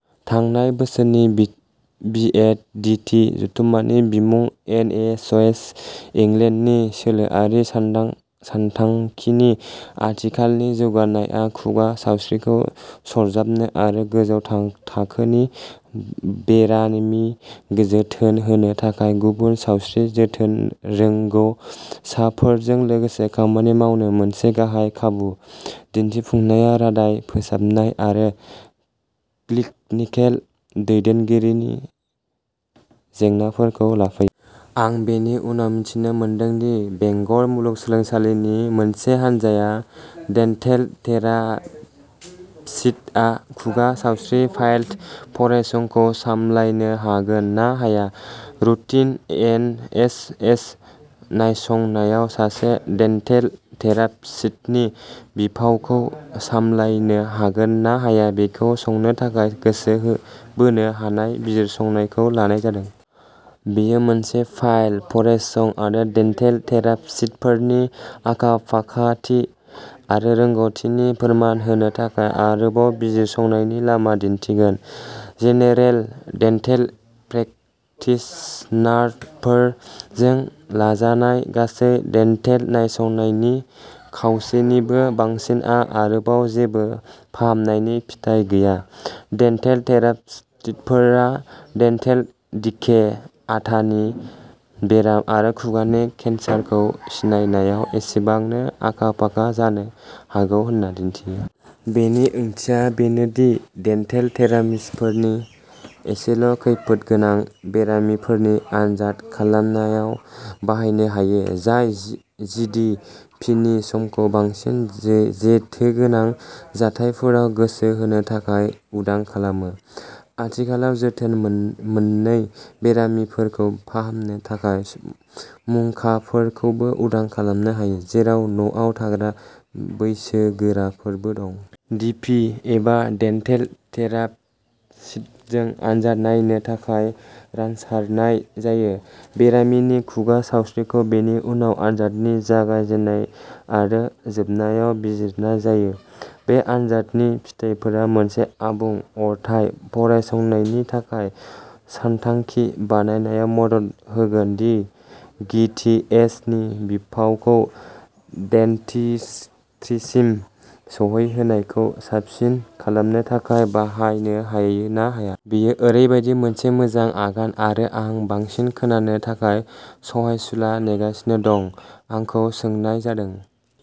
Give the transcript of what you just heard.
थांनाय बोसोरनि बिड बिएडिटि जथुम्मानि बिमुं एनएइचएस इंलेन्डनि सोलोआरि सानदां सानथांखिनि आथिखालनि जौगानायआ खुगा सावस्रिखौ सरजाबनो आरो गोजौ थां थाखोनि बेरानमि जोथोन होनो थाखाय गुबुन सावस्रि जोथोन रोंगौ साफोरजों लोगोसे खामानि मावनो मोनसे गाहाय खाबु। दिन्थिफुंनाया रादाय फोसाबनाय आरो क्लिनिकेल दैदेनगिरिनि जेंनाफोरखौ लाफायो। आं बेनि उनाव मिथिनो मोनदों दि बेंगर मुलुगसोलोंसालिनि मोनसे हानजाया डेन्टेल थेरासिटआ खुगा सावस्रि पाइलट फरायसंखौ सामलायनो हागोन ना हाया, रुटिन एन एच एस नायसंनायाव सासे डेन्टेल थेरापसिटनि बिफावखौ सामलायनो हागोन ना हाया, बेखौ संनो थाखाय गोसो हो बोनो हानाय बिजिरसंनायखौ लानाय जादों। बेयो मोनसे पाइलट फरायसं आरो डेन्टेल थेरापसिटफोरनि आखा-फाखाथि आरो रोंग'थिनि फोरमान होनो थाखाय आरोबाव बिजिरसंनायनि लामा दिन्थिगोन। जेनेरेल डेन्टेल प्रेकटिशनारफोर जों लाजानाय गासै डेन्टेल नायसंनायनि खावसेनिबो बांसिनआ आरोबाव जेबो फाहामनायनि फिथाय गैया। डेन्टेल थेरापस्टफोरा डेन्टेल डिके, आथानि बेराम आरो खुगानि केन्सारखौ सिनायनायाव एसेबांनो आखा-फाखा जानो हागौ होनना दिन्थियो। बेनि ओंथिया बेनो दि डेन्टेल थेरामिस्टफोरनि एसेल' खैफोदगोनां बेरामिफोरनि आनजाद खालामनायाव बाहायनो हायो, जाय जि-जि डि पि नि समखौ बांसिन जे-जेथोगोनां जाथायफोराव गोसो होनो थाखाय उदां खालामो। आथिखालाव जोथोन मोन-मोनै बेरामिफोरखौ फाहामनो थाखाय मुंखाफोरखौबो उदां खालामनो हायो, जेराव न'आव थाग्रा बैसोगोराफोरबो दं। डि पि एबा डेन्टेल थेरासिटजों आनजाद नायनो थाखाय रानसारनाय जायो, बेरामिनि खुगा सावस्रिखौ बेनि उनाव आनजादनि जागायजेन्नाय आरो जोबनायाव बिजिरनाय जायो। बे आनजादनि फिथायफोरा मोनसे आबुं अरथाय फरायसंनायनि थाखाय सानथांखि बानायनायाव मदद होगोन दि गि थि एस नि बिफावखौ डेन्टिस्ट्रीसिम सौहैनायखौ साबसिन खालामनो थाखाय बाहायनो हायो ना हाया? बेयो ओरैबायदि मोनसे मोजां आगान आरो आं बांसिन खोनानो थाखाय सहायसुला नेगासिनो दं। आंखौ सोंनाय जादों।